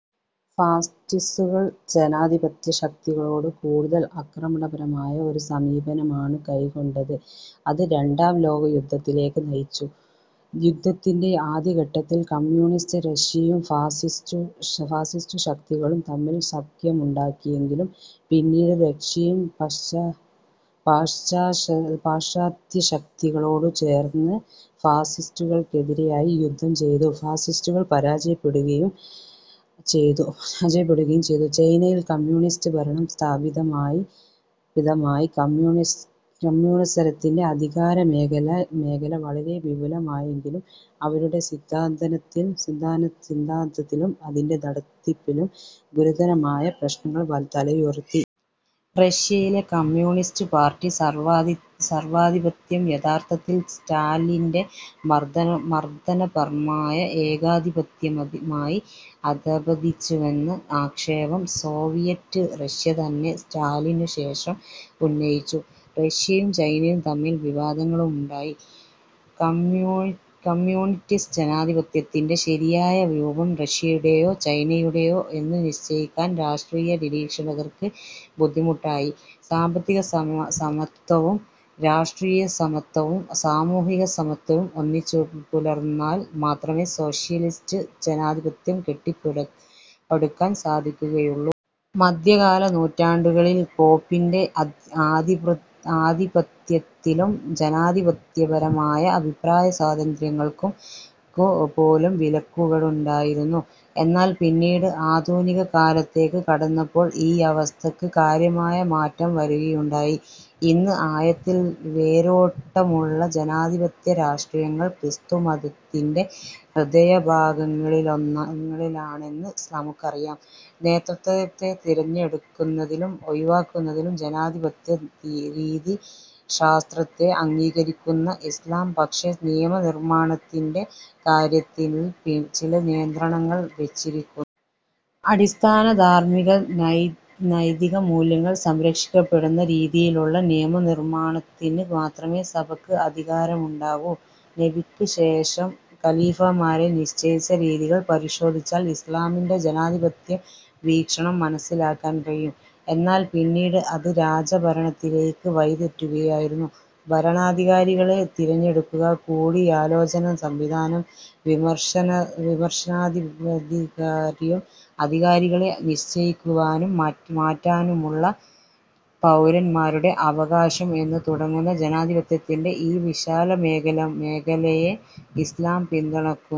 ഫാസിസ്റ്റുകൾ ജനാധിപത്യശക്തികളോടു കൂടുതൽ ആക്രമണപരമായ ഒരു സമീപനമാണു കൈക്കൊണ്ടത്. അത് രണ്ടാം ലോകയുദ്ധത്തിലേക്കു നയിച്ചു. യുദ്ധത്തിന്റെ ആദ്യഘട്ടത്തിൽ കമ്മ്യൂണിസ്റ്റ് റഷ്യയും ഫാസിസ്റ്റുശക്തികളും തമ്മിൽ സഖ്യമുണ്ടാക്കിയെങ്കിലും, പിന്നീട് റഷ്യയും പാശ്ചാത്യശക്തികളോടുചേർന്ന് ഫാസിസ്റ്റുകൾക്കെതിരായി യുദ്ധം ചെയ്തു. ഫാസിസ്റ്റുകൾ പരാജയപ്പെടുകയും ചെയ്തു. ചൈനയിൽ കമ്മ്യൂണിസ്റ്റ് ഭരണം സ്ഥാപിതമായി. കമ്മ്യൂണിസത്തിന്റെ അധികാരമേഖല വളരെ വിപുലമായെങ്കിലും, അവരുടെ സിദ്ധാന്തത്തിലും അതിന്റെ നടത്തിപ്പിലും ഗുരുതരമായ പ്രശ്നങ്ങൾ തലയുയർത്തി. റഷ്യയിലെ കമ്മ്യൂണിസ്റ്റ് പാർട്ടി സർവ്വാധിപത്യം യഥാർത്ഥത്തിൽ സ്റ്റാലിന്റെ മർദ്ദനപർമായ ഏകാധിപത്യമായി അധഃപതിച്ചുവെന്ന ആക്ഷേപം സോവിയറ്റ് റഷ്യതന്നെ സ്റ്റാലിന്നുശേഷം ഉന്നയിച്ചു. റഷ്യയും ചൈനയും തമ്മിൽ വിവാദങ്ങളുണ്ടായി. കമ്മ്യൂണിസ്റ്റ് ജനാധിപത്യത്തിന്റെ ശരിയായ രൂപം റഷ്യയുടേയോ, ചൈനയുടേതോ എന്നു നിശ്ചയിക്കാൻ രാഷ്ട്രീയ നിരിക്ഷകർക്കു ബുദ്ധിമുട്ടായി. സാമ്പത്തികസമത്വവും, രാഷ്ട്രീയസമത്വവും, സാമൂഹിക സമത്വവും ഒന്നിച്ചുപുലർന്നാൽ മാത്രമെ സോഷ്യലിസ്റ്റ് ജനാധിപത്യം കെട്ടിപ്പടുക്കാൻ സാധിക്കുകയുള്ളൂ. മദ്ധ്യകാല നൂറ്റാണ്ടുകളില് പോപ്പിന്റെ ആധിപത്യത്തിലും ജനാധിപത്യപരമായ അഭിപ്രായ സ്വാതന്ത്ര്യങ്ങൾക്കു പോലും വിലക്കുകളുണ്ടായിരുന്നു. എന്നാൽ പിന്നീട് ആധുനിക കാലത്തേക്ക് കടന്നപ്പോള് ഈയവസ്ഥക്ക് കാര്യമായ മാറ്റം വരുകയുണ്ടായി. ഇന്ന് ആഴത്തിൽ വേരോട്ടമുള്ള ജനാധിപത്യ രാഷ്ട്രങ്ങൾ ക്രിസ്തുമതത്തിന്റെ ഹൃദയഭാഗങ്ങളിലാണെന്ന് നമുക്കറിയാം. നേതൃത്വത്തെ തെരഞ്ഞെടുക്കുന്നതിലും ഒഴിവാക്കുന്നതിലും ജനാധിപത്യ രീതിശാസ്ത്രത്തെ അംഗീകരിക്കുന്ന ഇസ്ലാം, പക്ഷെ നിയമനിർമ്മാണത്തിന്റെ കാര്യത്തിൽ ചില നിയന്ത്രണങ്ങൾ വെച്ചിരിക്കുന്നു. അടിസ്ഥാന ധാർമിക-നൈതിക മൂല്യങ്ങൾ സംരക്ഷിക്കപ്പെടുന്ന രീതിയിലുള്ള നിയമനിർമ്മാണത്തിന് മാത്രമേ സഭക്ക് അധികാരമുണ്ടാകൂ. നബിക്ക് ശേഷം ഖലീഫമാരെ നിശ്ചയിച്ച രീതികൾ പരിശോധിച്ചാൽ ഇസ്ലാമിന്റെ ജനാധിപത്യ വീക്ഷണം മനസ്സിലാക്കാൻ കഴിയും. എന്നാൽ പിന്നീട് അത് രാജഭരണത്തിലേക്ക് വഴിതെറ്റുകയായിരുന്നു. ഭരണാധികാരികളെ തിരഞ്ഞടുക്കുക, കൂടിയാലോചന സംവിധാനം, വിമർശനാധികാര്യം, അധികാരികളെ നിശ്ചയിക്കുവാനും മാറ്റാനുമുള്ള പൗരൻമാരുടെ അവകാശം എന്നു തുടങ്ങുന്ന ജനാധിപത്യത്തിൻറെ ഈ വിശാല മേഖലയെ ഇസ്ലാം പിന്തുണക്കുന്നു.